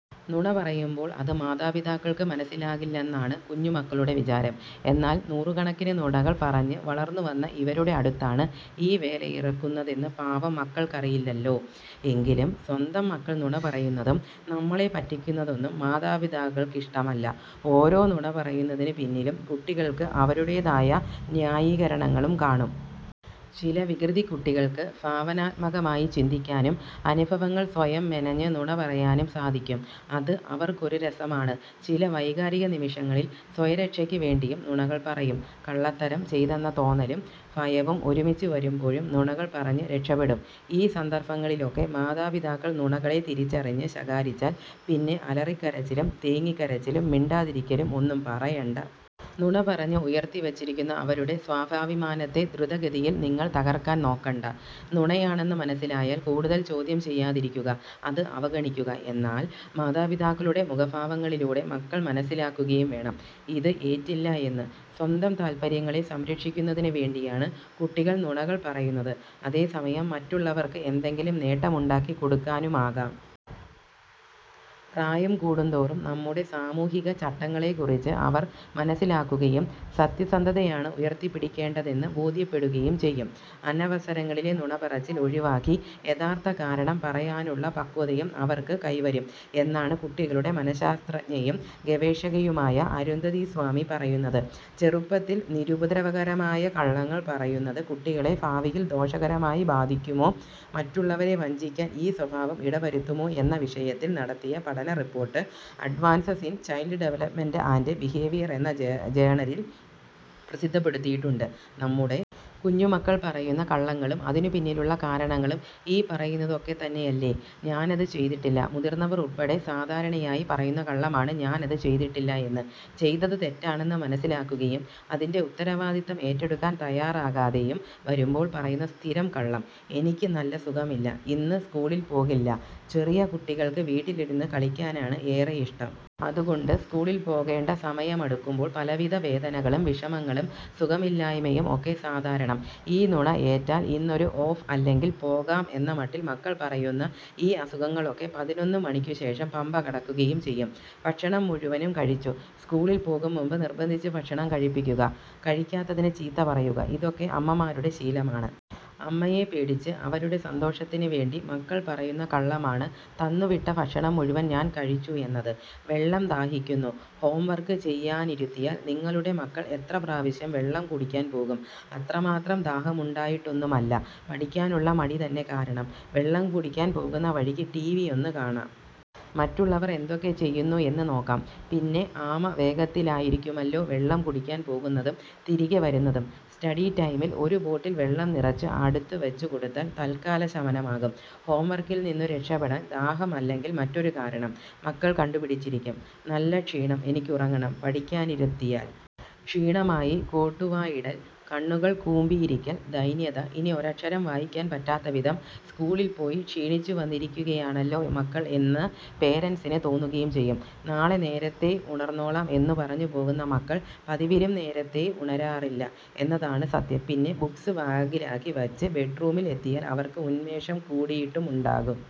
നുണ പറയുമ്പോൾ അത് മാതാപിതാക്കൾക്ക് മനസ്സിലാകില്ലെന്നാണ് കുഞ്ഞുമക്കളുടെ വിചാരം. എന്നാൽ നൂറുകണക്കിന് നുണകൾ പറഞ്ഞ് വളർന്നുവന്ന ഇവരുടെ അടുത്താണ് ഈ വേലയിറക്കുന്നതെന്ന് പാവം മക്കൾക്കറിയില്ലല്ലോ. എങ്കിലും സ്വന്തം മക്കൾ നുണ പറയുന്നതും നമ്മളെ പറ്റിക്കുന്നതൊന്നും മാതാപിതാക്കൾക്കിഷ്ടമല്ല. ഓരോ നുണ പറയുന്നതിന് പിന്നിലും കുട്ടികൾക്ക് അവരുടേതായ ന്യായീകരണങ്ങളും കാണും. ചില വികൃതിക്കുട്ടികൾക്ക് ഭാവനാത്മകമായി ചിന്തിക്കാനും അനുഭവങ്ങൾ സ്വയം മെനഞ്ഞ് നുണ പറയാനും സാധിക്കും. അത് അവർക്കൊരു രസമാണ്. ചില വൈകാരിക നിമിഷങ്ങളിൽ സ്വയരക്ഷയ്ക്ക് വേണ്ടിയും നുണകൾ പറയും. കള്ളത്തരം ചെയ്തെന്ന തോന്നലും ഭയവും ഒരുമിച്ച് വരുമ്പോഴും നുണകൾ പറഞ്ഞ് രക്ഷപ്പെടും.ഈ സന്ദർഭങ്ങളിലൊക്കെ മാതാപിതാക്കൾ നുണകളെ തിരിച്ചറിഞ്ഞ് ശകാരിച്ചാൽ പിന്നെ അലറിക്കരച്ചിലും തേങ്ങിക്കരച്ചിലും മിണ്ടാതിരിക്കലും ഒന്നും പറയണ്ട. നുണ പറഞ്ഞ് ഉയർത്തിവച്ചിരിക്കുന്ന അവരുടെ സ്വാഭിമാനത്തെ ധ്രുതഗതിയിൽ നിങ്ങൾ തകർക്കാൻ നോക്കണ്ട. നുണയാണെന്ന് മനസ്സിലായാൽ കൂടുതൽ ചോദ്യം ചെയ്യാതിരിക്കുക, അത് അവഗണിക്കുക. എന്നാൽ മാതാപിതാക്കളുടെ മുഖഭാവങ്ങളിലൂടെ മക്കൾ മനസ്സിലാക്കുകയും വേണം, ഇത് ഏറ്റില്ല എന്ന്.സ്വന്തം താൽപര്യങ്ങളെ സംരക്ഷിക്കുന്നതിന് വേണ്ടിയാണ് കുട്ടികൾ നുണകൾ പറയുന്നത്. അതേസമയം മറ്റുള്ളവർക്ക് എന്തെങ്കിലും നേട്ടമുണ്ടാക്കി കൊടുക്കാനുമാകാം. പ്രായം കൂടുന്തോറും നമ്മുടെ സാമൂഹിക ചട്ടങ്ങളെക്കുറിച്ച് അവർ മനസ്സിലാക്കുകയും സത്യസന്ധതയാണ് ഉയർത്തിപ്പിടിക്കേണ്ടതെന്ന് ബോധ്യപ്പെടുകയും ചെയ്യും. അനവസരങ്ങളിലെ നുണപറച്ചിൽ ഒഴിവാക്കി യഥാർത്ഥ കാരണം പറയാനുള്ള പക്വതയും അവർക്ക് കൈവരും എന്നാണ് കുട്ടികളുടെ മനഃശാസ്ത്രജ്ഞയും ഗവേഷകയുമായ അരുന്ധതി സ്വാമി പറയുന്നത്. ചെറുപ്പത്തിൽ നിരുപദ്രവകരമായ കള്ളങ്ങൾ പറയുന്നത് കുട്ടികളെ ഭാവിയിൽ ദോഷകരമായി ബാധിക്കുമോ, മറ്റുള്ളവരെ വഞ്ചിക്കാൻ ഈ സ്വഭാവം ഇടവരുത്തുമോ എന്ന വിഷയത്തിൽ നടത്തിയ പഠന report advances in child development and behaviour എന്ന ജേർണലിൽ പ്രസിദ്ധപ്പെടുത്തിയിട്ടുണ്ട്. നമ്മുടെ കുഞ്ഞുമക്കൾ പറയുന്ന കള്ളങ്ങളും അതിനു പിന്നിലുള്ള കാരണങ്ങളും ഈ പറയുന്നതൊക്കെത്തന്നെയല്ലേ? ഞാനത് ചെയ്തിട്ടില്ല. മുതിർന്നവർ ഉൾപ്പെടെ സാധാരണയായി പറയുന്ന കള്ളമാണ് ഞാനത് ചെയ്തിട്ടില്ല എന്ന്. ചെയ്തത് തെറ്റാണെന്ന് മനസ്സിലാക്കുകയും അതിൻ്റെ ഉത്തരവാദിത്തം ഏറ്റെടുക്കാൻ തയ്യാറാകാതെയും വരുമ്പോൾ പറയുന്ന സ്ഥിരം കള്ളം. എനിക്ക് നല്ല സുഖമില്ല, ഇന്ന് സ്കൂളിൽ പോകില്ല. ചെറിയ കുട്ടികൾക്ക് വീട്ടിലിരുന്ന് കളിക്കാനാണ് ഏറെയിഷ്ടം. അതുകൊണ്ട് സ്കൂളിൽ പോകേണ്ട സമയമടുക്കുമ്പോൾ പലവിധ വേദനകളും വിഷമങ്ങളും സുഖമില്ലായ്മയും ഒക്കെ സാധാരണം. ഈ നുണ ഏറ്റാൽ ഇന്നൊരു ഓഫ് അല്ലെങ്കിൽ പോകാം എന്ന മട്ടിൽ മക്കൾ പറയുന്ന ഈ അസുഖങ്ങളൊക്കെ പതിനൊന്ന് മണിക്കുശേഷം പമ്പ കടക്കുകയും ചെയ്യും. ഭക്ഷണം മുഴുവനും കഴിച്ചു. സ്കൂളിൽ പോകുംമുമ്പ് നിർബന്ധിച്ച് ഭക്ഷണം കഴിപ്പിക്കുക, കഴിക്കാത്തതിന് ചീത്ത പറയുക, ഇതൊക്കെ അമ്മമാരുടെ ശീലമാണ്. അമ്മയെ പേടിച്ച് അവരുടെ സന്തോഷത്തിന് വേണ്ടി മക്കൾ പറയുന്ന കള്ളമാണ് തന്നുവിട്ട ഭക്ഷണം മുഴുവൻ ഞാൻ കഴിച്ചു എന്നത്. വെള്ളം ദാഹിക്കുന്നു. ഹോംവർക്ക് ചെയ്യാനിരുത്തിയാൽ നിങ്ങളുടെ മക്കൾ എത്ര പ്രാവശ്യം വെള്ളം കുടിക്കാൻ പോകും? അത്രമാത്രം ദാഹമുണ്ടായിട്ടൊന്നുമല്ല. പഠിക്കാനുള്ള മടി തന്നെ കാരണം. വെള്ളം കുടിക്കാൻ പോകുന്ന വഴിക്ക് ടിവിയൊന്ന് കാണാം. മറ്റുള്ളവർ എന്തൊക്കെ ചെയ്യുന്നു എന്ന് നോക്കാം. പിന്നെ ആമ വേഗത്തിലായിരിക്കുമല്ലോ വെള്ളം കുടിക്കാൻ പോകുന്നതും തിരികെ വരുന്നതും. സ്റ്റഡി ടൈമിൽ ഒരു ബോട്ടിൽ വെള്ളം നിറച്ച് അടുത്ത് വച്ചുകൊടുത്താൽ തൽക്കാല ശമനമാകും. ഹോംവർക്കിൽനിന്നും രക്ഷപ്പെടാൻ ദാഹം അല്ലെങ്കിൽ മറ്റൊരു കാരണം മക്കൾ കണ്ടുപിടിച്ചിരിക്കും. നല്ല ക്ഷീണം, എനിക്കുറങ്ങണം. പഠിപ്പിക്കാനിരുത്തിയാൽ ക്ഷീണമായി കോട്ടുവായിടൽ, കണ്ണുകൾ കൂമ്പിയിരിക്കൽ, ദൈന്യത. ഇനി ഒരക്ഷരം വായിക്കാൻ പറ്റാത്തവിധം സ്കൂളിൽ പോയി ക്ഷീണിച്ചുവന്നിരിക്കയാണല്ലോ മക്കൾ എന്ന് പേരന്റ്സിന് തോന്നുകയും ചെയ്യും. നാളെ നേരത്തേ ഉണർന്നോളാം എന്നു പറഞ്ഞു പോകുന്ന മക്കൾ പതിവിലും നേരത്തേ ഉണരാറില്ല എന്നതാണ് സത്യം. പിന്നെ ബുക്സ് ബാഗിലാക്കി വച്ച് ബെഡ്റൂമിൽ എത്തിയാൽ അവർക്ക് ഉന്മേഷം കൂടിയിട്ടുമുണ്ടാകും.